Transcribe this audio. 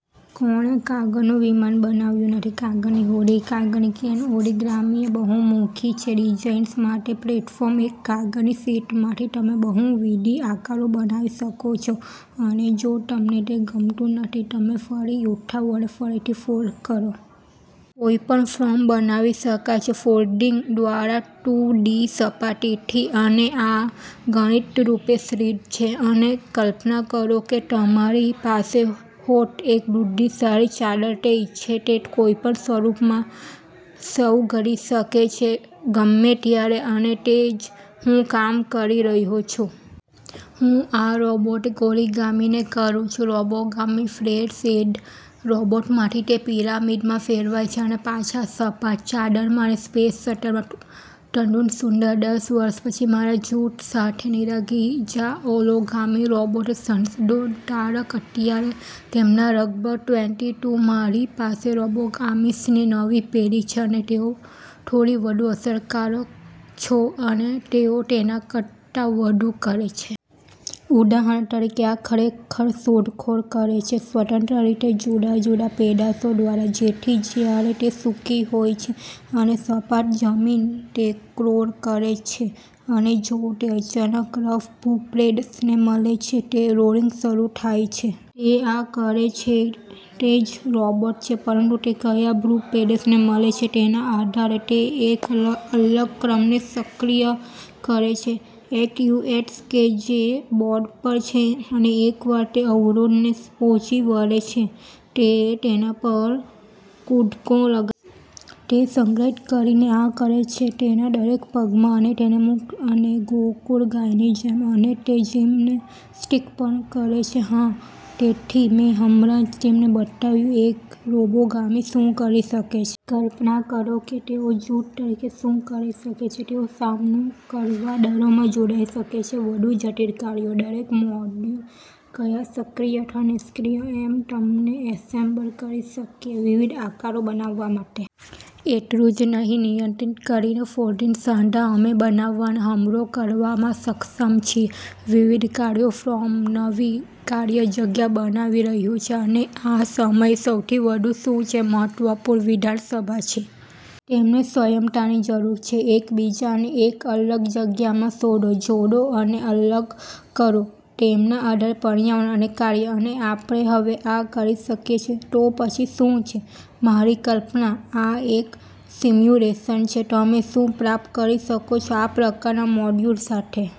કોણે કાગળનું વિમાન બનાવ્યું નથી? કાગળની હોડી? કાગળની ક્રેન? ઓરિગામિ એ બહુમુખી છે ડિઝાઇનર્સ માટે પ્લેટફોર્મ. એક કાગળની શીટમાંથી તમે બહુવિધ આકારો બનાવી શકો છો અને જો તમને તે ગમતું નથી, તમે ફરી ઉઠાવો અને ફરીથી ફોલ્ડ કરો. કોઈપણ ફોર્મ બનાવી શકાય છે ફોલ્ડિંગ દ્વારા ટુ ડી સપાટીથી અને આ ગણિતરૂપે સિદ્ધ છે. અને કલ્પના કરો કે તમારી પાસે હોત એક બુદ્ધિશાળી ચાદર તે ઇચ્છે તે કોઈપણ સ્વરૂપમાં સ્વગડી શકે છે ગમે ત્યારે અને તે જ હું કામ કરી રહ્યો છું. હું આ રોબોટિક ઓરિગામિને કરું છું "રોબોગામી". ફ્લેટ-શેટેડ રોબોટમાંથી તે પિરામિડમાં ફેરવાય છે અને પાછા સપાટ ચાદરમાં અને સ્પેસ શટલમાં. તદ્દન સુંદર. દસ વર્ષ પછી મારા જૂથ સાથે નીન્જા ઓરિગામિ રોબોટિક સંશોધનકાર અત્યારે તેમાંના લગભગ ટ્વેન્ટી ટુ અમારી પાસે રોબોગેમિસની નવી પેઢી છે અને તેઓ થોડી વધુ અસરકારક છો અને તેઓ તેના કરતા વધુ કરે છે. ઉદાહરણ તરીકે, આ ખરેખર શોધખોળ કરે છે સ્વતંત્ર રીતે જુદા જુદા પ્રદેશો દ્વારા. તેથી જ્યારે તે સૂકી હોય છે અને સપાટ જમીન, તે ક્રોલ કરે છે. અને જો તે અચાનક રફ ભૂપ્રદેશને મળે છે, તે રોલિંગ શરૂ થાય છે. તે આ કરે છે તે જ રોબોટ છે પરંતુ તે કયા ભૂપ્રદેશને મળે છે તેના આધારે. તે એક અલગ ક્રમને સક્રિય કરે છે એક્ટ્યુએટર્સ કે જે બોર્ડ પર છે. અને એકવાર તે અવરોધને પહોંચી વળે છે, તે તેના પર કૂદકો લગા તે સંગ્રહિત કરીને આ કરે છે તેના દરેક પગમાં અને તેને મુક્ત અને ગોકળગાયની જેમ. અને તે જિમ્નેસ્ટિક્સ પણ કરે છે. હા! તેથી મેં હમણાં જ તમને બતાવ્યું એક રોબોગામી શું કરી શકે છે. કલ્પના કરો કે તેઓ જૂથ તરીકે શું કરી શકે છે. તેઓ સામનો કરવા દળોમાં જોડાઈ શકે છે વધુ જટિલ કાર્યો. દરેક મોડ્યુલ, ક્યાં સક્રિય અથવા નિષ્ક્રિય, અમે તેમને એસેમ્બલ કરી શકીએ છીએ વિવિધ આકારો બનાવવા માટે. એટલું જ નહીં, નિયંત્રિત કરીને ફોલ્ડિંગ સાંધા, અમે બનાવવા અને હુમલો કરવામાં સક્ષમ છીએ વિવિધ કાર્યો. ફોર્મ નવી કાર્ય જગ્યા બનાવી રહ્યું છે. અને આ સમયે સૌથી વધુ શું છે મહત્વપૂર્ણ? વિધાનસભા છે. તેમને સ્વયમતાની જરૂર છે. એકબીજાને એક અલગ જગ્યામાં શોધો, જોડો અને અલગ કરો તેના આધારે પર્યાવરણ અને કાર્ય. અને આપણે આ હવે કરી શકીએ છીએ. તો પછી શું છે? અમારી કલ્પના. આ એક સિમ્યુલેશન છે તમે શું પ્રાપ્ત કરી શકો છો આ પ્રકારના મોડ્યુલ સાથે.